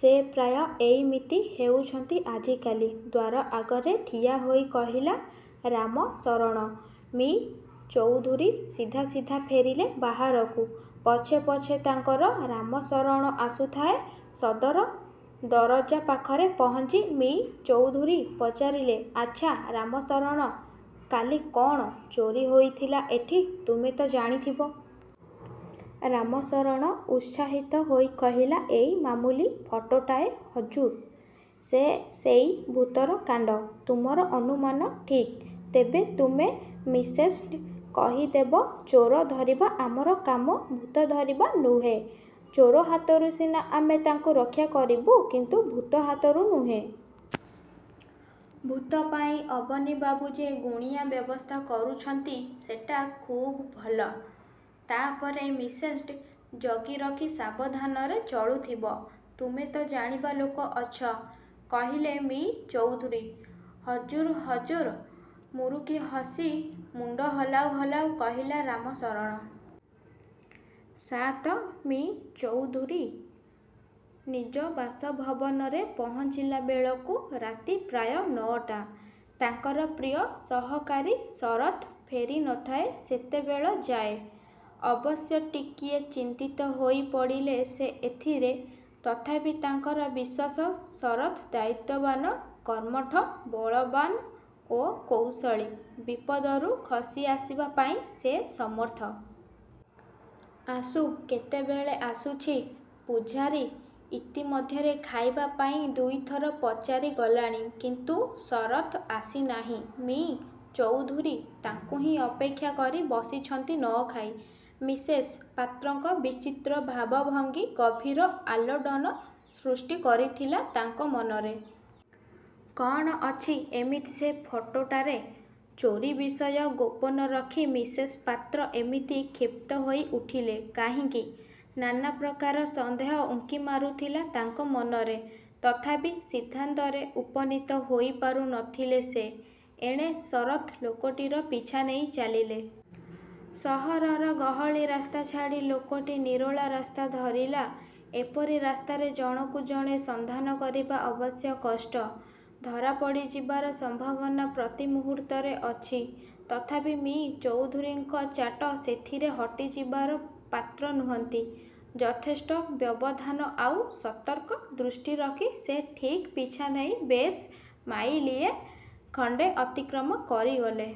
ସେ ପ୍ରାୟ ଏଇମିତି ହେଉଛନ୍ତି ଆଜିକାଲି। '' ଦ୍ୱାର ଆଗରେ ଠିଆ ହୋଇ କହିଲା ରାମଶରଣ। ମି: ଚୌଧୁରୀ ସିଧା ସିଧା ଫେରିଲେ ବାହାରକୁ। ପଛେ ପଛେ ତାଙ୍କର ରାମଶରଣ ଆସୁଥାଏ। ସଦର ଦରଜା ପାଖରେ ପହଞ୍ଚି ମି: ଚୌଧୁରୀ ପଚାରିଲେ, ''ଆଚ୍ଛା, ରାମଶରଣ! କାଲି କ'ଣ ଚୋରୀ ହୋଇଥିଲା ଏଠି, ତୁମେ ତ ଜାଣିଥିବ? '' ରାମଶରଣ ଉତ୍ସାହିତ ହୋଇ କହିଲା-''ଏଇ ମାମୁଲି ଫଟୋଟାଏ ହଜୁର! ସେ ସେଇ ଭୂତର କାଣ୍ଡ। '' ''ତୁମର ଅନୁମାନ ଠିକ୍! ତେବେ ତୁମେ ମିସେସ୍ଙ୍କୁ କହିଦେବ ଚୋର ଧରିବା ଆମର କାମ, ଭୂତ ଧରିବା ନୁହେ। ଚୋର ହାତରୁ ସିନା ଆମେ ତାଙ୍କୁ ରକ୍ଷା କରିବୁ; କିନ୍ତୁ ଭୂତ ହାତରୁ ନୁହେଁ। ଭୂତ ପାଇଁ ଅବନୀବାବୁ ଯେ ଗୁଣିଆଁ ବ୍ୟବସ୍ଥା କରୁଛନ୍ତି, ସେଟା ଖୁବ୍ ଭଲ। ତା'ପରେ ମିସେସ୍ଙ୍କୁ ଜଗି ରଖି ସାବଧାନରେ ଚଳୁଥିବ। ତୁମେ ତ ଜାଣିବା ଲୋକ ଅଛ! '' କହିଲେ ମି: ଚୌଧୁରୀ। ''ହଜୁର, ହଜୁର''! ମୁରୁକି ହସି ମୁଣ୍ଡ ହଲାଉ ହଲାଉ କହିଲା ରାମଶରଣ। -ସାତ- ମି: ଚୌଧୁରୀ ନିଜ ବାସଭବନରେ ପହଞ୍ଚିଲା ବେଳକୁ ରାତି ପ୍ରାୟ ନଅଟା। ତାଙ୍କର ପ୍ରିୟ ସହକାରୀ ଶରତ୍ ଫେରି ନଥାଏ ସେତେବେଳଯାଏ। ଅବଶ୍ୟ ଟିକିଏ ଚିନ୍ତିତ ହୋଇ ପଡ଼ିଲେ ସେ ଏଥିରେ। ତଥାପି ତାଙ୍କର ବିଶ୍ୱାସ ଶରତ୍ ଦାୟିତ୍ୱବାନ, କର୍ମଠ, ବଳବାନ୍ ଓ କୌଶଳୀ; ବିପଦରୁ ଖସି ଆସିବା ପାଇଁ ସେ ସମର୍ଥ। ଆସୁ କେତେବେଳେ ଆସୁଛି! ପୁଝାରୀ ଇତି ମଧ୍ୟରେ ଖାଇବା ପାଇଁ ଦୁଇ ଥର ପଚାରି ଗଲାଣି; କିନ୍ତୁ ଶରତ୍ ଆସିନାହିଁ। ମି: ଚୌଧୁରୀ ତାଙ୍କୁ ହିଁ ଅପେକ୍ଷା କରି ବସିଛନ୍ତି-ନ ଖାଇ। ମିସେସ୍ ପାତ୍ରଙ୍କ ବିଚିତ୍ର ଭାବଭଙ୍ଗି ଗଭୀର ଆଲୋଡ଼ନ ସୃଷ୍ଟି କରିଥିଲା ତାଙ୍କ ମନରେ। କ'ଣ ଅଛି ଏମିତି ସେ ଫଟୋଟାରେ। ଚୋରୀ ବିଷୟ ଗୋପନରଖି ମିସେସ୍ ପାତ୍ର ଏମିତି କ୍ଷିପ୍ତ ହୋଇ ଉଠିଲେ କାହିଁକି-? ନାନା ପ୍ରକାର ସନ୍ଦେହ ଉଙ୍କି ମାରୁଥିଲା ତାଙ୍କ ମନରେ। ତଥାପି ସିଦ୍ଧାନ୍ତରେ ଉପନୀତ ହୋଇପାରୁ ନଥିଲେ ସେ। ଏଣେ ଶରତ୍ ଲୋକଟିର ପିଛା ନେଇ ଚାଲିଲେ। ସହରର ଗହଳି ରାସ୍ତା ଛାଡ଼ି ଲୋକଟି ନିରୋଳା ରାସ୍ତା ଧରିଲା। ଏପରି ରାସ୍ତାରେ ଜଣକୁ ଜଣେ ସନ୍ଧାନ କରିବା ଅବଶ୍ୟ କଷ୍ଟ-। ଧରାପଡ଼ିଯିବାର ସମ୍ଭାବନା ପ୍ରତି ମୁହୂର୍ତ୍ତରେ ଅଛି। ତଥାପି ମି: ଚୌଧୁରୀଙ୍କ ଚାଟ ସେଥିରେ ହଟିଯିବାର ପାତ୍ର ନୁହନ୍ତି। ଯଥେଷ୍ଟ ବ୍ୟବଧାନ ଆଉ ସତର୍କ ଦୃଷ୍ଟି ରଖି ସେ ଠିକ୍ ପିଛାନେଇ ବେଶ୍ ମାଇଲିଏ ଖଣ୍ଡେ ଅତିକ୍ରମ କରିଗଲେ।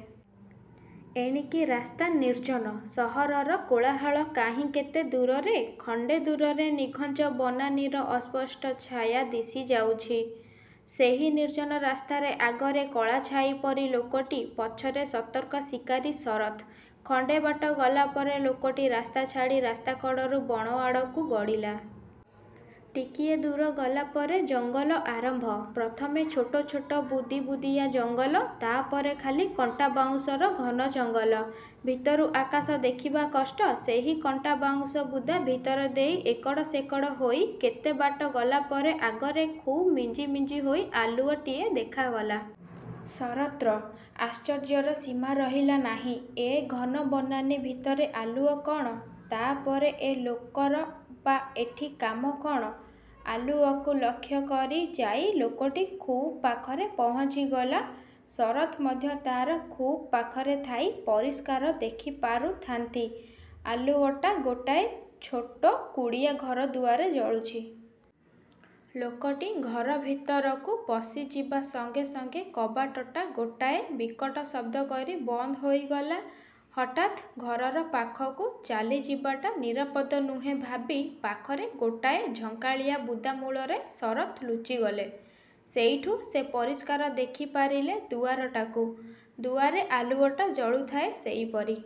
ଏଣିକି ରାସ୍ତା ନିର୍ଜନ। ସହରର କୋଳାହଳ କାହିଁ କେତେ ଦୂରରେ। ଖଣ୍ଡେ ଦୂରରେ ନିଘଞ୍ଚ ବନାନୀର ଅସ୍ପଷ୍ଟ ଛାୟା ଦିଶିଯାଉଛି। ସେହି ନିର୍ଜନ ରାସ୍ତାରେ ଆଗରେ କଳାଛାଇ ପରି ଲୋକଟି, ପଛରେ ସତର୍କ ଶିକାରୀ ଶରତ୍। ଖଣ୍ଡେ ବାଟ ଗଲାପରେ ଲୋକଟି ରାସ୍ତା ଛାଡ଼ି ରାସ୍ତା କଡ଼ରୁ ବଣ ଆଡ଼କୁ ଗଡ଼ିଲା। ଟିକିଏ ଦୂର ଗଲା ପରେ ଜଙ୍ଗଲ ଆରମ୍ଭ। ପ୍ରଥମେ ଛୋଟ ଛୋଟ ବୁଦି ବୁଦିଆ ଜଙ୍ଗଲ। ତା'ପରେ ଖାଲି କଣ୍ଟାବାଉଁଶର ଘନ ଜଙ୍ଗଲ। ଭିତରୁ ଆକାଶ ଦେଖିବା କଷ୍ଟ। ସେହି କଣ୍ଟାବାଉଁଶ ବୁଦା ଭିତର ଦେଇ ଏକଡ଼ ସେକଡ଼ ହୋଇ କେତେବାଟ ଗଲାପରେ ଆଗରେ ଖୁବ୍ ମିଞ୍ଜିମିଞ୍ଜି ହୋଇ ଆଲୁଅଟିଏ ଦେଖାଗଲା। ଶରତ୍ର ଆଶ୍ଚର୍ଯ୍ୟର ସୀମା ରହିଲା ନାହିଁ। ଏ ଘନ ବନାନୀ ଭିତରେ ଆଲୁଅ କ'ଣ, ତା'ପରେ ଏ ଲୋକର ବା ଏଠି କାମ କ'ଣ? ଆଲୁଅକୁ ଲକ୍ଷ୍ୟ କରି ଯାଇ ଲୋକଟି ଖୁବ୍ ପାଖରେ ପହଞ୍ଚିଗଲା। ଶରତ୍ ମଧ୍ୟ ତା'ର ଖୁବ୍ ପାଖରେ ଥାଇ ପରିଷ୍କାର ଦେଖି ପାରୁଥାନ୍ତି, ଆଲୁଅଟା ଗୋଟାଏ ଛୋଟ କୁଡ଼ିଆ ଘର ଦୁଆରେ ଜଳୁଛି। ଲୋକଟି ଘର ଭିତରକୁ ପଶିଯିବା ସଙ୍ଗେ ସଙ୍ଗେ କବାଟଟା ଗୋଟାଏ ବିକଟ ଶବ୍ଦ କରି ବନ୍ଦ ହୋଇଗଲା। ହଠାତ୍ ଘରର ପାଖକୁ ଚାଲିଯିବାଟା ନିରାପଦ ନୁହେଁ ଭାବି ପାଖରେ ଗୋଟାଏ ଝଙ୍କାଳିଆ ବୁଦା ମୂଳରେ ଶରତ୍ ଲୁଚିଗଲେ। ସେଇଠୁ ସେ ପରିଷ୍କାର ଦେଖିପାରିଲେ ଦୁଆରଟାକୁ-। ଦୁଆରେ ଆଲୁଅଟା ଜଳୁଥାଏ ସେଇପରି।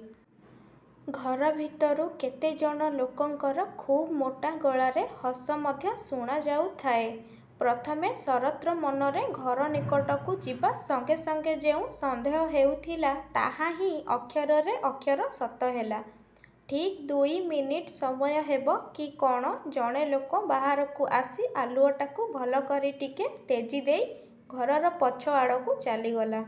ଘର ଭିତରୁ କେତେଜଣ ଲୋକଙ୍କର ଖୁବ୍ ମୋଟା ଗଳାରେ ହସ ମଧ୍ୟ ଶୁଣାଯାଉଥାଏ। ପ୍ରଥମେ ଶରତ୍ର ମନରେ ଘର ନିକଟକୁ ଯିବା ସଙ୍ଗେ ସଙ୍ଗେ ଯେଉଁ ସନ୍ଦେହ ହେଉଥିଲା, ତାହାହିଁ ଅକ୍ଷରରେ ଅକ୍ଷର ସତ ହେଲା। ଠିକ୍ ଦୁଇମିନିଟ୍ ସମୟ ହେବ କି କ'ଣ, ଜଣେ ଲୋକ ବାହାରକୁ ଆସି ଆଲୁଅଟାକୁ ଭଲ କରି ଟିକେ ତେଜି ଦେଇ ଘରର ପଛ ଆଡ଼କୁ ଚାଲିଗଲା।